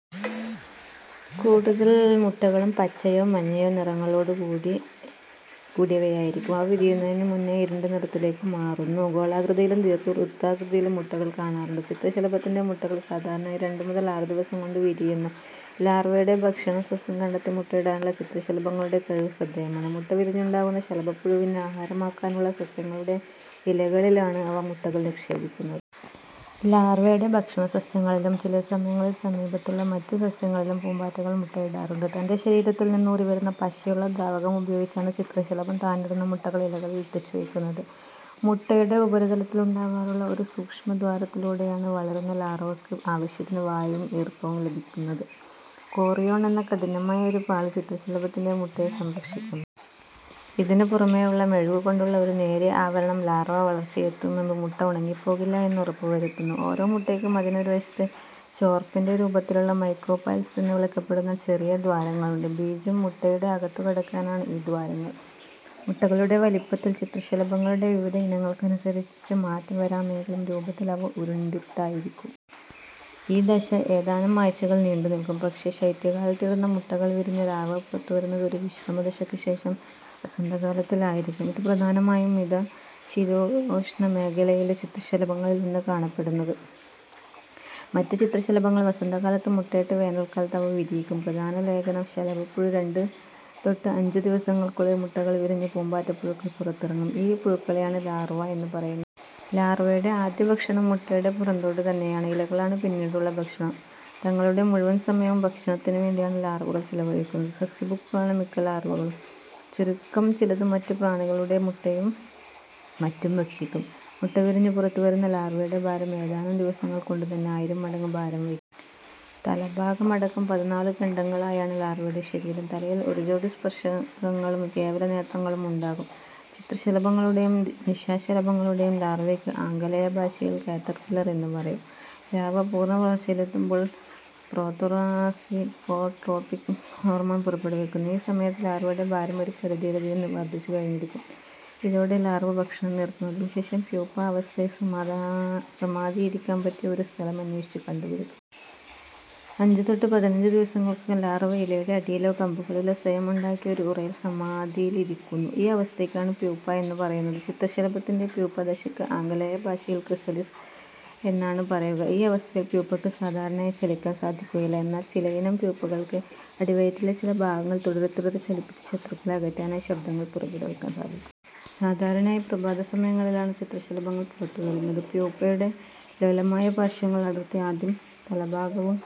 കൂടുതൽ മുട്ടകളും പച്ചയോ മഞ്ഞയോ നിറങ്ങളോടു കൂടി കൂടിയവയായിരിക്കും. അവ വിരിയുന്നതിനു മുന്നെ ഇരുണ്ട നിറത്തിലേക്ക് മാറുന്നു. ഗോളാകൃതിയിലും ദീർഘവുത്താകൃതിയിലും മുട്ടകൾ കാണാറുണ്ട്. ചിത്രശലഭത്തിന്റെ മുട്ടകൾ സാധാരണയായി രണ്ടു മുതൽ ആറു ദിവസം കൊണ്ടു വിരിയുന്നു. ലാർവ്വയുടെ ഭക്ഷണസസ്യം കണ്ടെത്തി മുട്ടയിടാനുള്ള ചിത്രശലഭങ്ങളുടെ കഴിവ് ശ്രദ്ധേയമാണ്. മുട്ട വിരിഞ്ഞുണ്ടാവുന്ന ശലഭപ്പുഴുവിന്ന്ആഹാരമാക്കാനുള്ള സസ്യങ്ങളുടെ ഇലകളിലാണ് അവ മുട്ടകൾ നിക്ഷേപിക്കുന്നത്. ലാർവ്വയുടെ ഭക്ഷണസസ്യങ്ങളിലും ചില സമയങ്ങളിൽ സമീപത്തുള്ള മറ്റു സസ്യങ്ങളിലും പൂമ്പാറ്റകൾ മുട്ടയിടാറുണ്ട്. തന്റെ ശരീരത്തിൽ നിന്നൂറിവരുന്ന പശയുള്ള ദ്രാവകമുപയോഗിച്ചാണ് ചിത്രശലഭം താനിടുന്ന മുട്ടകൾ ഇലകളിൽ ഒട്ടിച്ചുവെയ്ക്കുന്നത്. മുട്ടയുടെ ഉപരിതലത്തിലുണ്ടാവാറുള്ള ഒരു സൂക്ഷ്മദ്വാരത്തിലൂടെയാണ് വളരുന്ന ലാർവക്ക് ആവശ്യത്തിന് വായുവും ഈർപ്പവും ലഭിക്കുന്നത്. 'കോറിയോൺ' എന്ന കഠിനമായ ഒരു പാളി ചിത്രശലഭത്തിന്റെ മുട്ടയെ സംരക്ഷിക്കുന്നു. ഇതിനു പുറമേ ഉള്ള മെഴുകുകൊണ്ടുള്ള ഒരു നേരിയ ആവരണം ലാർവ വളർച്ചയെത്തുംമുൻപ് മുട്ട ഉണങ്ങിപ്പോകില്ല എന്ന് ഉറപ്പുരുത്തുന്നു. ഓരോ മുട്ടയ്ക്കും അതിനെ ഒരു വശത്ത് ചോർപ്പിന്റെ രൂപത്തിലുള്ള 'മൈക്രോപൈൽസ്' എന്നു വിളിക്കപ്പെടുന്ന ചെറിയ ദ്വാരങ്ങളുണ്ട്. ബീജം മുട്ടയുടെ അകത്തുകടക്കാനാണ് ഈ ദ്വാരങ്ങൾ. മുട്ടകളുടെ വലിപ്പത്തിൽ ചിത്രശലഭങ്ങളുടെ വിവിധ ഇനങ്ങൾക്കനുസരിച്ച് മാറ്റം വരാമെങ്കിലും രൂപത്തിൽ അവ ഉരുണ്ടിട്ടായിരിക്കും. ഈ ദശ ഏതാനും ആഴ്ചകൾ നീണ്ടുനിൽക്കും. പക്ഷേ, ശൈത്യകാലത്ത് ഇടുന്ന മുട്ടകൾ വിരിഞ്ഞ് ലാർവ പുറത്തുവരുന്നത് ഒരു വിശ്രമ ദശക്ക് ശേഷം വസന്തകാലത്തിൽ ആയിരിക്കും. ഇതു പ്രധാനമായും മിതശീതോഷ്ണമേഖലയിലെ ചിത്രശലഭങ്ങളിലാണ് കാണപ്പെടുന്നത്. മറ്റ് ചിത്രശലഭങ്ങൾ വസന്തകാലത്ത് മുട്ടയിട്ട് വേനൽക്കാലത്ത് അവ വിരിയിക്കും. പ്രധാന ലേഖനം: ശലഭപ്പുഴു രണ്ട് തൊട്ട് അഞ്ച് ദിവസങ്ങൾക്കുള്ളിൽ മുട്ടകൾ വിരിഞ്ഞ് പൂമ്പാറ്റപ്പുഴുക്കൾ പുറത്തിറങ്ങും, ഈ പുഴുക്കളെയാണ് ലാർവ എന്നു പറയുന്നത്. ലാർവയുടെ ആദ്യഭക്ഷണം മുട്ടയുടെ പുറന്തോട് തന്നെയാണ്. ഇലകളാണ് പിന്നീടുള്ള ഭക്ഷണം. തങ്ങളുടെ മുഴുവൻ സമയവും ഭക്ഷണത്തിനു വേണ്ടിയാണ് ലാർവകൾ ചെലവഴിക്കുന്നത്. സസ്യഭുക്കുകളാണ് മിക്ക ലാർവകളും, ചുരുക്കം ചിലത് മറ്റ് ചെറുപ്രാണികളുടെ മുട്ടയും മറ്റും ഭക്ഷിക്കും. മുട്ടവിരിഞ്ഞുപുറത്തു വരുന്ന ലാർവയുടെ ഭാരം ഏതാനും ദിവസങ്ങൾ കൊണ്ടുതന്നെ ആയിരം മടങ്ങ് ഭാരം വയ്ക്കും. തലഭാഗമടക്കം പതിനാലുഖണ്ഡങ്ങളായാണ് ലാർവയുടെ ശരീരം. തലയിൽ ഒരുജോടി സ്പർശകങ്ങളും കേവലനേത്രങ്ങളുമുണ്ടാവും ചിത്രശലഭങ്ങളുടെയും നിശാശലഭങ്ങളുടെയും ലാർവയ്ക്ക് ആംഗലേയഭാഷയിൽ കാറ്റർപില്ലർ എന്നും പറയും. ലാർവ്വ പൂർണ്ണവളർച്ചയിലെത്തുമ്പോൾ പ്രോതൊറാസിക്കോട്രോപ്പിക് ഹോർമോൺ പുറപ്പെടുവിക്കുന്നു. ഈ സമയത്ത് ലാർവ്വയുടെ ഭാരം ഒരു പരിധിയിലധികം വർദ്ധിച്ചുകഴിഞ്ഞിരിക്കും. ഇതോടെ ലാർവ ഭക്ഷണം നിർത്തുന്നു, അതിനുശേഷം പ്യൂപ്പ അവസ്ഥയിൽ സമാധാ സമാധിയിരിക്കാൻ പറ്റിയ ഒരു സ്ഥലം അന്വേഷിച്ചു കണ്ടുപിടിക്കും. അഞ്ച് തൊട്ട് പതിനഞ്ച് ദിവസങ്ങൾക്കകം ലാർവ ഇലയുടെ അടിയിലോ, കമ്പുകളിലോ, സ്വയം ഉണ്ടാക്കിയ ഒരു ഉറയിൽ സമാധിയിലിരിക്കുന്നു, ഈ അവസ്ഥയ്ക്കാണ് പ്യൂപ്പ എന്നു പറയുന്നത്. ചിത്രശലഭത്തിന്റെ പ്യൂപ്പദശക്ക് ആംഗലേയഭാഷയിൽ ക്രിസലിസ് എന്നാണ് പറയുക. ഈ അവസ്ഥയിൽ പ്യൂപ്പക്ക് സാധാരണയായി ചലിക്കാൻ സാധിക്കുകയില്ല. എന്നാൽ ചില ഇനം പ്യൂപ്പകൾക്ക് അടിവയറ്റിലെ ചില ഭാഗങ്ങൾ തുടരെ തുടരെ ചലിപ്പിച്ച് ശത്രുക്കളെ അകറ്റാനായി ശബ്ദങ്ങൾ പുറപ്പെടുവിക്കാൻ സാധിക്കും. സാധാരണയായി പ്രഭാതസമയങ്ങളിലാണ് ചിത്രശലഭങ്ങൾ പുറത്തുവരുന്നത്. പ്യൂപ്പയുടെ ലോലമായ പാർശ്വങ്ങൾ അടർത്തി ആദ്യം തലഭാഗവും,